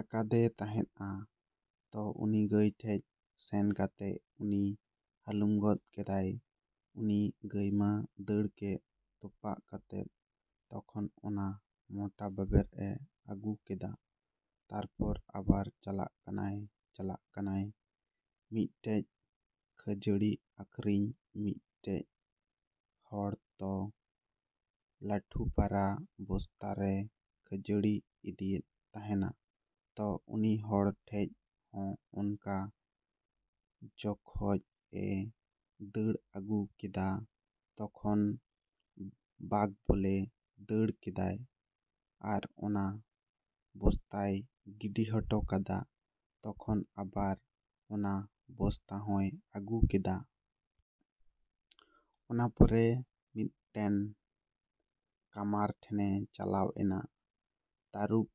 ᱟᱠᱟᱫᱮ ᱛᱟᱸᱦᱮᱫᱼᱟ᱾ ᱛᱚ ᱩᱱᱤ ᱜᱟᱹᱭ ᱴᱷᱮᱡ ᱥᱮᱱ ᱠᱟᱛᱮᱜ ᱩᱱᱤ ᱦᱟᱹᱞᱩᱢ ᱜᱚᱫ ᱟᱫᱮᱭᱟ ᱩᱱᱤ ᱜᱟᱹᱭ ᱢᱟ ᱫᱟᱹᱲ ᱠᱮᱜ ᱛᱚᱯᱟᱜ ᱠᱟᱛᱮᱜ ᱛᱚᱠᱷᱚᱱ ᱚᱱᱟ ᱢᱚᱴᱟ ᱵᱟᱵᱮᱨ ᱮ ᱟᱹᱜᱩ ᱠᱮᱫᱟ᱾ ᱛᱟᱨᱯᱚᱨ ᱟᱵᱟᱨ ᱪᱟᱞᱟᱜ ᱠᱟᱱᱟᱭ ᱪᱟᱞᱟᱜ ᱠᱟᱱᱟᱭ ᱢᱤᱫᱴᱮᱡ ᱠᱷᱟᱹᱡᱟᱹᱲᱤ ᱟᱠᱷᱨᱤᱧ ᱢᱤᱫᱴᱮᱡ ᱦᱚᱲ ᱛᱚ ᱞᱟᱹᱴᱷᱩ ᱯᱟᱨᱟ ᱵᱚᱥᱛᱟᱨᱮ ᱠᱷᱟᱹᱡᱟᱲᱤ ᱤᱫᱤᱭᱮᱫ ᱛᱟᱸᱦᱮᱱᱟ ᱛᱚ ᱩᱱᱤ ᱦᱚᱲ ᱴᱷᱮᱡ ᱦᱚᱸ ᱚᱱᱠᱟ ᱡᱚᱠᱷᱚᱡ ᱮ ᱫᱟᱹᱲ ᱟᱹᱜᱩ ᱠᱮᱫᱟ ᱛᱚᱠᱷᱚᱱ ᱵᱟᱜᱷ ᱵᱚᱞᱮ ᱫᱟᱹᱲ ᱠᱮᱫᱟᱭ ᱟᱨ ᱚᱱᱟ ᱵᱚᱥᱛᱟᱭ ᱜᱤᱰᱤ ᱦᱚᱴᱚ ᱠᱟᱫᱟ ᱛᱚᱠᱷᱚᱱ ᱟᱵᱟᱨ ᱚᱱᱟ ᱵᱚᱥᱛᱟ ᱦᱚᱸᱭ ᱟᱹᱜᱩ ᱠᱮᱫᱟ᱾ ᱚᱱᱟᱯᱚᱨ ᱢᱤᱫᱴᱮᱱ ᱠᱟᱢᱟᱨ ᱴᱷᱮᱱᱮ ᱪᱟᱞᱟᱣ ᱮᱱᱟ ᱛᱟᱹᱨᱩᱵᱽ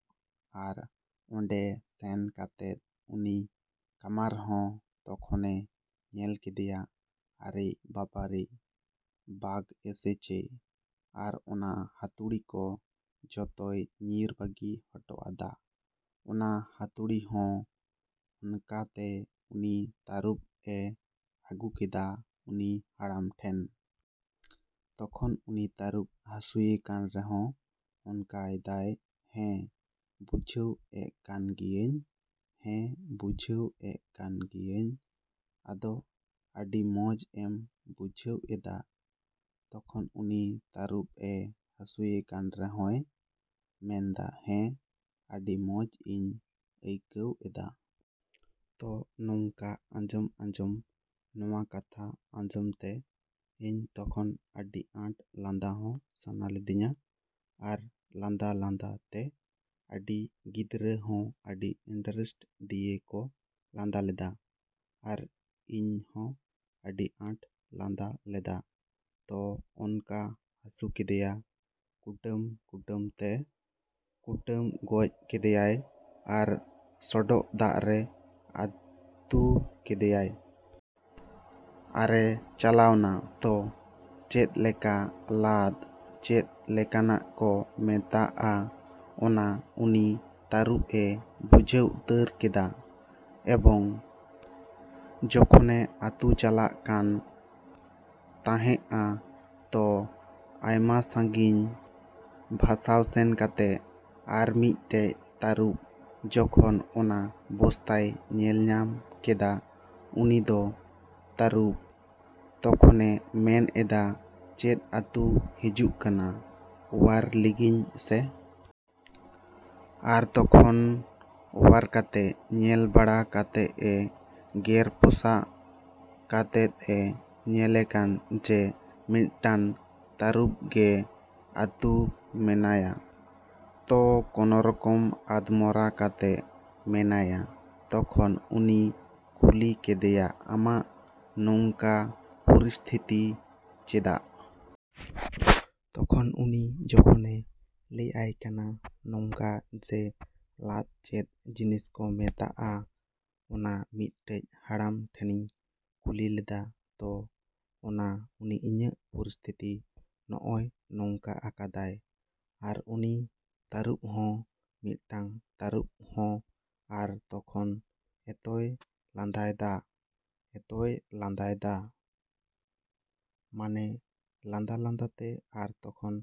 ᱟᱨ ᱚᱸᱰᱮ ᱥᱮᱱ ᱠᱟᱛᱮᱫ ᱩᱱᱤ ᱠᱟᱢᱟᱨ ᱦᱚᱸ ᱛᱚᱠᱷᱚᱱᱮ ᱧᱮᱞ ᱠᱮᱫᱮᱭᱟ ᱚᱨᱮ ᱵᱟᱵᱟᱨᱮ ᱵᱟᱜᱷ ᱮᱥᱮᱪᱷᱮ ᱟᱨ ᱚᱱᱟ ᱦᱟᱹᱛᱩᱲᱤ ᱠᱚ ᱡᱚᱛᱚᱭ ᱧᱤᱨ ᱵᱟᱹᱜᱤ ᱦᱚᱴᱚ ᱟᱫᱟ᱾ ᱚᱱᱟ ᱦᱟᱹᱛᱩᱲᱤ ᱦᱚᱸ ᱚᱱᱠᱟᱛᱮ ᱩᱱᱤ ᱛᱟᱹᱨᱩᱵᱽ ᱮ ᱟᱜᱩ ᱠᱮᱫᱟ ᱩᱱᱤ ᱦᱟᱲᱟᱢ ᱴᱷᱮᱱ᱾ ᱛᱚᱠᱷᱚᱱ ᱩᱱᱤ ᱛᱟᱹᱨᱩᱵᱽ ᱦᱟᱹᱥᱩᱭᱮ ᱠᱟᱱ ᱨᱮᱦᱚᱸ ᱚᱱᱠᱟᱭ ᱫᱟᱭ ᱦᱮᱸ ᱵᱩᱡᱷᱟᱹᱣ ᱮᱜ ᱠᱟᱱ ᱜᱮᱭᱟᱹᱧ ᱦᱮᱸ ᱵᱩᱡᱷᱟᱹᱣ ᱮᱜ ᱠᱟᱱ ᱜᱮᱭᱟᱹᱧ ᱟᱫᱚ ᱟᱹᱰᱤ ᱢᱚᱸᱡ ᱮᱢ ᱟᱹᱭᱠᱟᱹᱣ ᱮᱫᱟ ᱛᱚᱠᱷᱚᱱ ᱩᱱᱤ ᱛᱟᱹᱨᱩᱵᱽ ᱮ ᱦᱟᱹᱥᱩᱭᱮ ᱠᱟᱱ ᱨᱮᱦᱚᱭ ᱢᱮᱱᱫᱟ ᱦᱮᱸ ᱟᱹᱰᱤ ᱢᱚᱸᱡ ᱤᱧ ᱟᱹᱭᱠᱟᱹᱣ ᱮᱫᱟ᱾ ᱛᱚ ᱱᱚᱝᱠᱟ ᱟᱸᱡᱚᱢ ᱟᱸᱡᱚᱢ ᱱᱚᱣᱟ ᱠᱟᱛᱷᱟ ᱟᱸᱡᱚᱢ ᱛᱮ ᱤᱧ ᱛᱚᱠᱷᱚᱱ ᱟᱹᱰᱤ ᱟᱸᱴ ᱞᱟᱸᱫᱟ ᱦᱚᱸ ᱥᱟᱱᱟ ᱞᱤᱫᱤᱧᱟ ᱟᱨ ᱞᱟᱸᱫᱟ ᱞᱟᱸᱫᱟ ᱛᱮ ᱟᱹᱰᱤ ᱜᱤᱫᱽᱨᱟᱹ ᱦᱚᱸ ᱟᱹᱰᱤ ᱤᱱᱴᱟᱨᱮᱥᱴ ᱫᱤᱭᱮ ᱠᱚ ᱞᱟᱸᱫᱟ ᱞᱮᱫᱟ᱾ ᱟᱨ ᱤᱧᱦᱚᱸ ᱟᱹᱰᱤ ᱟᱸᱴ ᱞᱟᱸᱫᱟ ᱞᱮᱫᱟ ᱛᱚ ᱚᱱᱠᱟ ᱦᱟᱹᱥᱩ ᱠᱮᱫᱮᱭᱟ ᱠᱩᱴᱟᱹᱢ ᱠᱩᱴᱟᱹᱢ ᱛᱮ ᱠᱩᱴᱟᱹᱢ ᱜᱚᱡ ᱠᱮᱫᱮᱭᱟᱭ ᱟᱨ ᱥᱚᱰᱚᱜ ᱫᱟᱜ ᱨᱮ ᱟᱹᱛᱩ ᱠᱟᱫᱮᱭᱟᱭ᱾ ᱟᱨᱮ ᱪᱟᱞᱟᱣᱱᱟ ᱛᱚ ᱪᱮᱫ ᱞᱮᱠᱟ ᱞᱟᱫᱽ ᱪᱮᱫ ᱞᱮᱠᱟᱱᱟᱜ ᱠᱚ ᱢᱮᱛᱟᱜᱼᱟ ᱚᱱᱟ ᱩᱱᱤ ᱛᱟᱹᱨᱩᱵᱽ ᱮ ᱵᱩᱡᱷᱟᱹᱣ ᱩᱛᱟᱹᱨ ᱠᱮᱫᱟ ᱮᱵᱚᱝ ᱡᱚᱠᱷᱚᱱᱮ ᱟᱹᱛᱩ ᱪᱟᱞᱟᱜ ᱠᱟᱱ ᱛᱟᱸᱦᱮᱜᱼᱟ ᱛᱚ ᱟᱭᱢᱟ ᱥᱟᱹᱜᱤᱧ ᱵᱷᱟᱥᱟᱣ ᱥᱮᱱ ᱠᱟᱛᱮᱜ ᱟᱨ ᱢᱤᱫᱴᱮᱡ ᱛᱟᱹᱨᱩᱵᱽ ᱡᱚᱠᱷᱚᱱ ᱚᱱᱟ ᱵᱚᱥᱛᱟᱭ ᱧᱮᱞ ᱧᱟᱢ ᱠᱮᱫᱟ ᱩᱱᱤ ᱫᱚ ᱛᱟᱹᱨᱩᱵᱽ ᱛᱚᱠᱷᱚᱱᱮ ᱢᱮᱱ ᱮᱫᱟ ᱪᱮᱫ ᱟᱹᱛᱩ ᱦᱤᱡᱩᱜ ᱠᱟᱱᱟ ᱚᱣᱟᱨ ᱞᱤᱜᱤᱧ ᱥᱮ᱾ ᱟᱨ ᱛᱚᱠᱷᱚᱱ ᱚᱣᱟᱨ ᱠᱟᱛᱮᱜ ᱧᱮᱞ ᱵᱟᱲᱟ ᱠᱟᱛᱮᱫ ᱮ ᱜᱮᱨ ᱯᱚᱥᱟᱜ ᱠᱟᱛᱮᱫ ᱮ ᱧᱮᱞᱮ ᱠᱟᱱ ᱡᱮ ᱢᱤᱫᱴᱟᱱ ᱛᱟᱹᱨᱩᱵᱽ ᱜᱮ ᱟᱹᱛᱩ ᱢᱮᱱᱟᱭᱟ᱾ ᱛᱚ ᱠᱚᱱᱚ ᱨᱚᱠᱚᱢ ᱟᱫᱽᱢᱚᱨᱟ ᱠᱟᱛᱮᱜ ᱢᱮᱱᱟᱭᱟ ᱛᱚᱠᱷᱚᱱ ᱩᱱᱤ ᱠᱩᱞᱤ ᱠᱮᱫᱮᱭᱟ ᱟᱢᱟᱜ ᱱᱚᱝᱠᱟ ᱯᱚᱨᱤᱥᱛᱷᱤᱛᱤ ᱪᱮᱫᱟᱜ? ᱛᱚᱠᱷᱚᱱ ᱩᱱᱤ ᱡᱚᱠᱷᱚᱱᱮ ᱞᱟᱹᱭ ᱟᱭ ᱠᱟᱱᱟ ᱱᱚᱝᱠᱟ ᱡᱮ ᱞᱟᱫᱽ ᱪᱮᱫ ᱡᱤᱱᱤᱥ ᱠᱚ ᱢᱮᱛᱟᱜᱼᱟ ᱚᱱᱟ ᱢᱤᱫᱴᱮᱡ ᱦᱟᱲᱟᱢ ᱴᱷᱮᱱᱤᱧ ᱠᱩᱞᱤ ᱞᱮᱫᱟ ᱛᱚ ᱚᱱᱟ ᱩᱱᱤ ᱤᱧᱟᱹᱜ ᱯᱚᱨᱤᱥᱛᱷᱤᱛᱤ ᱱᱚᱜᱼᱚᱭ ᱱᱚᱝᱠᱟ ᱟᱠᱟᱫᱟᱭ᱾ ᱟᱨ ᱩᱱᱤ ᱛᱟᱹᱨᱩᱵᱽ ᱦᱚᱸ ᱩᱱᱤᱴᱟᱜ ᱛᱟᱹᱨᱩᱵᱽ ᱦᱚᱸ ᱟᱨ ᱛᱚᱠᱷᱚᱱ ᱮᱛᱚᱭ ᱞᱟᱸᱫᱟᱭ ᱫᱟ, ᱮᱛᱚᱭ ᱞᱟᱸᱫᱟᱭ ᱫᱟ ᱢᱟᱱᱮ ᱞᱟᱸᱫᱟ ᱞᱟᱸᱫᱟᱛᱮ ᱟᱨ ᱛᱚᱠᱷᱚᱱ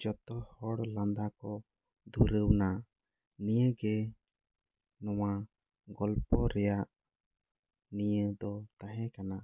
ᱡᱚᱛᱚ ᱦᱚᱲ ᱞᱟᱸᱫᱟ ᱠᱚ ᱫᱷᱩᱨᱟᱹᱣᱱᱟ᱾ ᱱᱤᱭᱟᱹᱜᱮ ᱱᱚᱣᱟ ᱜᱚᱞᱯᱷᱚ ᱨᱮᱭᱟᱜ ᱱᱤᱭᱟᱹ ᱫᱚ ᱛᱟᱸᱦᱮ ᱠᱟᱱᱟ।